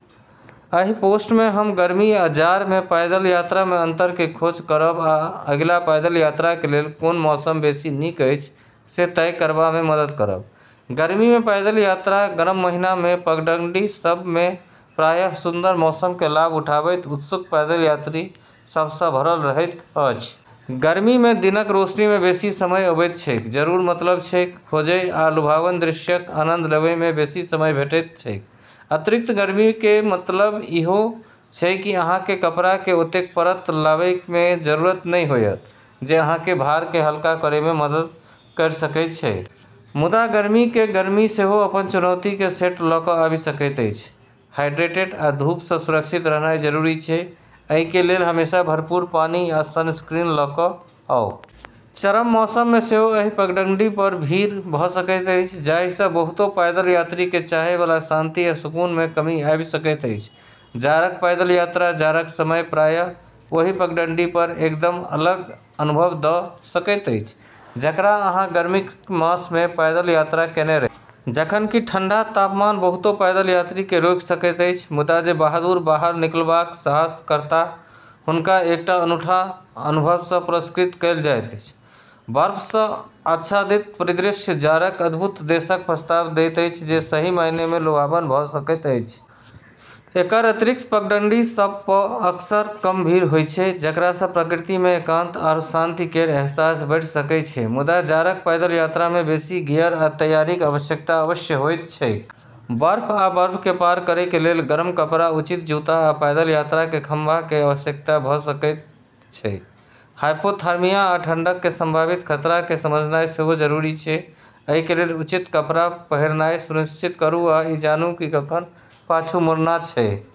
एहि पोस्ट में हम गर्मी आ जाड़ में पैदल यात्रा में अंतर के खोज करब आ अगिला पैदल यात्रा के लेल कोन मौसम बेसी नीक अछि से तय करबा में मदद करब। गर्मी में पैदल यात्रा गर्म महीना में, पगडंडी सब में प्रायः सुन्दर मौसम के लाभ उठाबैत उत्सुक पैदल यात्री सब सं भरल रहैत अछि। गर्मी में दिनक रोशनी में बेसी समय अबैत छैक, जकर मतलब छैक, खोजय आ लुभावन दृश्यक आनंद लेबय में बेसी समय भेटैत छैक। अतिरिक्त गर्मी कें मतलब इहो छै कि अहां कें कपड़ा कें ओतेक परत लावय कें जरूरत नहि होयत, जे अहां कें भार कें हल्का करय मे मदद कयर सकय छै। मुदा गर्मी के गर्मी सेहो अपन चुनौती के सेट ल क आबि सकैत अछि। हाइड्रेटेड आ धूप सं सुरक्षित रहनाय जरूरी छै, अइ कें लेल हमेशा भरपूर पानी आ सनस्क्रीन ल क आऊं। चरम मौसम में सेहो एहि पगडंडी पर भीड़ भ सकैत अछि, जाहि सं बहुतो पैदल यात्री के चाहय वाला शांति आ सुकून में कमी आबि सकैत अछि। जाड़क पैदल यात्रा जाड़क समय प्रायः ओही पगडंडी पर एकदम अलग अनुभव द सकैत अछि जकरा अहाँ गर्मीक मास में पैदल यात्रा केने रही। जखन कि ठंडा तापमान बहुतो पैदल यात्री के रोकि सकैत अछि, मुदा जे बहादुर बाहर निकलबाक साहस करताह हुनका एकटा अनूठा अनुभव सं पुरस्कृत कयल जायत। बर्फ सं आच्छादित परिदृश्य जाड़क अद्भुत देशक प्रस्ताव दैत अछि जे सही मायने में लुभावन भ सकैत अछि। एकर अतिरिक्त, पगडंडी सब प अक्सर कम भीड़ होय छै, जेकरा स प्रकृति मे एकांत आरू शांति केर एहसास बढ़ी सकै छै। मुदा, जाड़क पैदल यात्रामें बेसी गियर आ तैयारीक आवश्यकता अवश्य होइत छैक। बर्फ आ बर्फ कें पार करय कें लेल गर्म कपड़ा, उचित जूता, आ पैदल यात्रा कें खंभा कें आवश्यकता भ सकएयत छै। हाइपोथर्मिया आ ठंढक कें संभावित खतरा कें समझनाय सेहो जरूरी छै, अइ कें लेल उचित कपड़ा पहिरनाय सुनिश्चित करूं आ इ जानूं कि कखन पाछू मुड़ना छै।